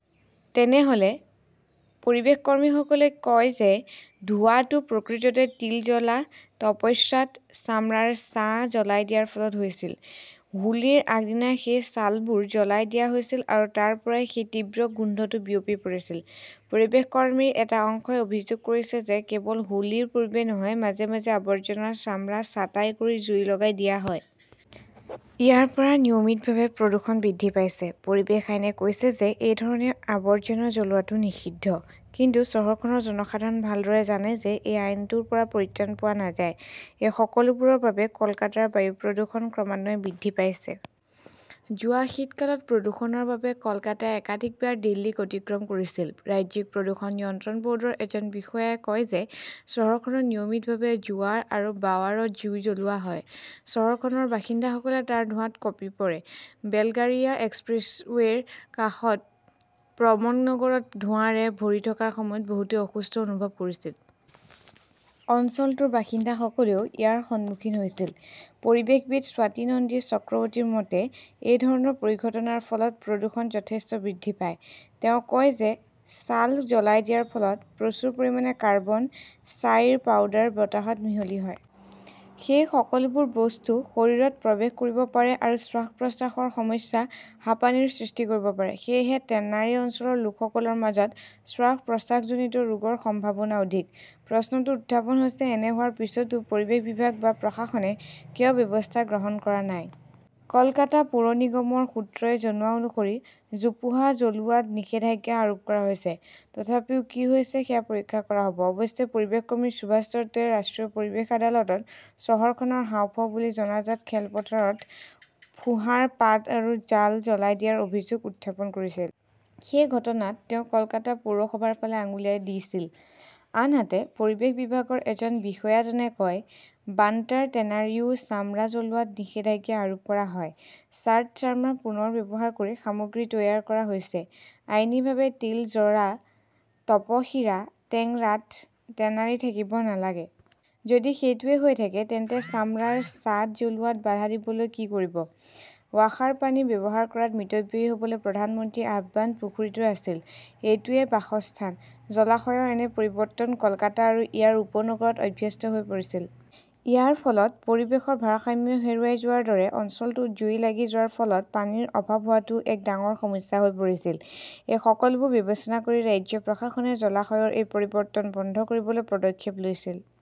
তেনেহলে? পৰিৱেশকৰ্মীসকলে কয় যে, ধোঁৱাটো প্ৰকৃততে তিলজলা, তপস্যাত চামৰাৰ ছাঁ জ্বলাই দিয়াৰ ফলত হৈছিল। হোলীৰ আগদিনা সেই ছালবোৰ জ্বলাই দিয়া হৈছিল আৰু তাৰ পৰাই সেই তীব্ৰ গোন্ধটো বিয়পি পৰিছিল। পৰিৱেশকৰ্মীৰ এটা অংশই অভিযোগ কৰিছে যে, কেৱল হোলীৰ পূৰ্বেই নহয়, মাজে মাজে আৱৰ্জনা চামৰা ছাঁটাই কৰি জুই লগাই দিয়া হয়। ইয়াৰ পৰা নিয়মিতভাৱে প্ৰদূষণ বৃদ্ধি পাইছে। পৰিৱেশ আইনে কৈছে যে, এই ধৰণে আৱৰ্জনা জ্বলোৱাটো নিষিদ্ধ। কিন্তু চহৰখনৰ জনসাধাৰণ ভালদৰে জানে যে, সেই আইনটোৰ পৰা পৰিত্ৰাণ পোৱা নাযায়। এই সকলোবোৰৰ বাবে কলকাতাৰ বায়ু প্ৰদূষণ ক্ৰমান্বয়ে বৃদ্ধি পাইছে। যোৱা শীতকালত প্ৰদূষণৰ বাবে কলকাতাই একাধিকবাৰ দিল্লীক অতিক্ৰম কৰিছিল। ৰাজ্যিক প্ৰদূষণ নিয়ন্ত্ৰণ বৰ্ডৰ এজন বিষয়াই কয় যে, চহৰখনত নিয়মিতভাৱে জোৱাৰ আৰু বাৱাৰত জুই জ্বলোৱা হয়। চহৰখনৰ বাসিন্দাসকলে তাৰ ধোঁৱাত কঁপি পৰে। বেলগাৰিয়া এক্সপ্ৰেছৱেৰ কাষত থকা প্ৰমনগৰত ধোঁৱাৰে ভৰি থকাৰ সময়ত বহুতে অসুস্থ অনুভৱ কৰিছিল। অঞ্চলটোৰ বাসিন্দাসকলেও ইয়াৰ সন্মুখীন হৈছিল। পৰিৱেশবিদ স্বাতী নন্দী চক্ৰৱৰ্তীৰ মতে, এই ধৰণৰ পৰিঘটনাৰ ফলত প্ৰদূষণ যথেষ্ট বৃদ্ধি পায়। তেওঁ কয় যে, ছাল জ্বলাই দিয়াৰ ফলত প্ৰচুৰ পৰিমাণে কাৰ্বন, ছাইৰ পাউডাৰ বতাহত মিহলি হয়। সেই সকলোবোৰ বস্তু শৰীৰত প্ৰৱেশ কৰিব পাৰে আৰু শ্বাস-প্ৰশ্বাসৰ সমস্যা, হাঁপানিৰ সৃষ্টি কৰিব পাৰে। সেয়েহে টেনাৰী অঞ্চলৰ লোকসকলৰ মাজত শ্বাস-প্ৰশ্বাসজনিত ৰোগৰ সম্ভাৱনা অধিক। প্ৰশ্নটো উত্থাপন হৈছে, এনে হোৱাৰ পিছতো পৰিৱেশ বিভাগ বা প্ৰশাসনে কিয় ব্যৱস্থা গ্ৰহণ কৰা নাই? কলকাতা পৌৰ নিগমৰ সূত্ৰই জনোৱা অনুসৰি, জোপোহা জ্বলোৱাত নিষেধাজ্ঞা আৰোপ কৰা হৈছে। তথাপিও কি হৈছে সেয়া পৰীক্ষা কৰা হব। অৱশ্যে পৰিৱেশকৰ্মী সুভাষ দত্তই ৰাষ্ট্ৰীয় পৰিৱেশ আদালতত চহৰখনৰ হাঁওফাঁও বুলি জনাজাত খেলপথাৰত ফোঁহাৰ পাত আৰু জাল জ্বলাই দিয়াৰ অভিযোগ উত্থাপন কৰিছিল। সেই ঘটনাত তেওঁ কলকাতা পৌৰসভাৰ ফালে আঙুলিয়াই দিছিল। আনহাতে, পৰিৱেশ বিভাগৰ এজন বিষয়াজনে কয়, "বান্টাৰ টেনাৰীও চামৰা জ্বলোৱাত নিষেধাজ্ঞা আৰোপ কৰা হয়। ছাৰ্ট চামৰা পুনৰ ব্যৱহাৰ কৰি সামগ্ৰী তৈয়াৰ কৰা হৈছে। আইনীভাৱে তিলজলা, তপসিয়া, টেংৰাত টেনাৰী থাকিব নালাগে। যদি সেইটোৱেই হৈ থাকে, তেন্তে চামৰাৰ ছাদ জ্বলোৱাত বাধা দিবলৈ কি কৰিব?"। ৱাসাৰ পানী ব্যৱহাৰ কৰাত মিতব্যয়ী হবলৈ প্ৰধানমন্ত্ৰীৰ আহ্বান পুখুৰীটো আছিল। এইটোৱেই বাসস্থান। জলাশয়ৰ এনে পৰিৱৰ্তন কলকাতা আৰু ইয়াৰ উপনগৰত অভ্যস্ত হৈ পৰিছিল। ইয়াৰ ফলত পৰিৱেশৰ ভাৰসাম্য হেৰুৱাই যোৱাৰ দৰে অঞ্চলটোত জুই লাগি যোৱাৰ ফলত পানীৰ অভাৱ হোৱাটোও এক ডাঙৰ সমস্যা হৈ পৰিছিল। এই সকলোবোৰ বিবেচনা কৰি, ৰাজ্য প্ৰশাসনে জলাশয়ৰ এই পৰিৱৰ্তন বন্ধ কৰিবলৈ পদক্ষেপ লৈছিল।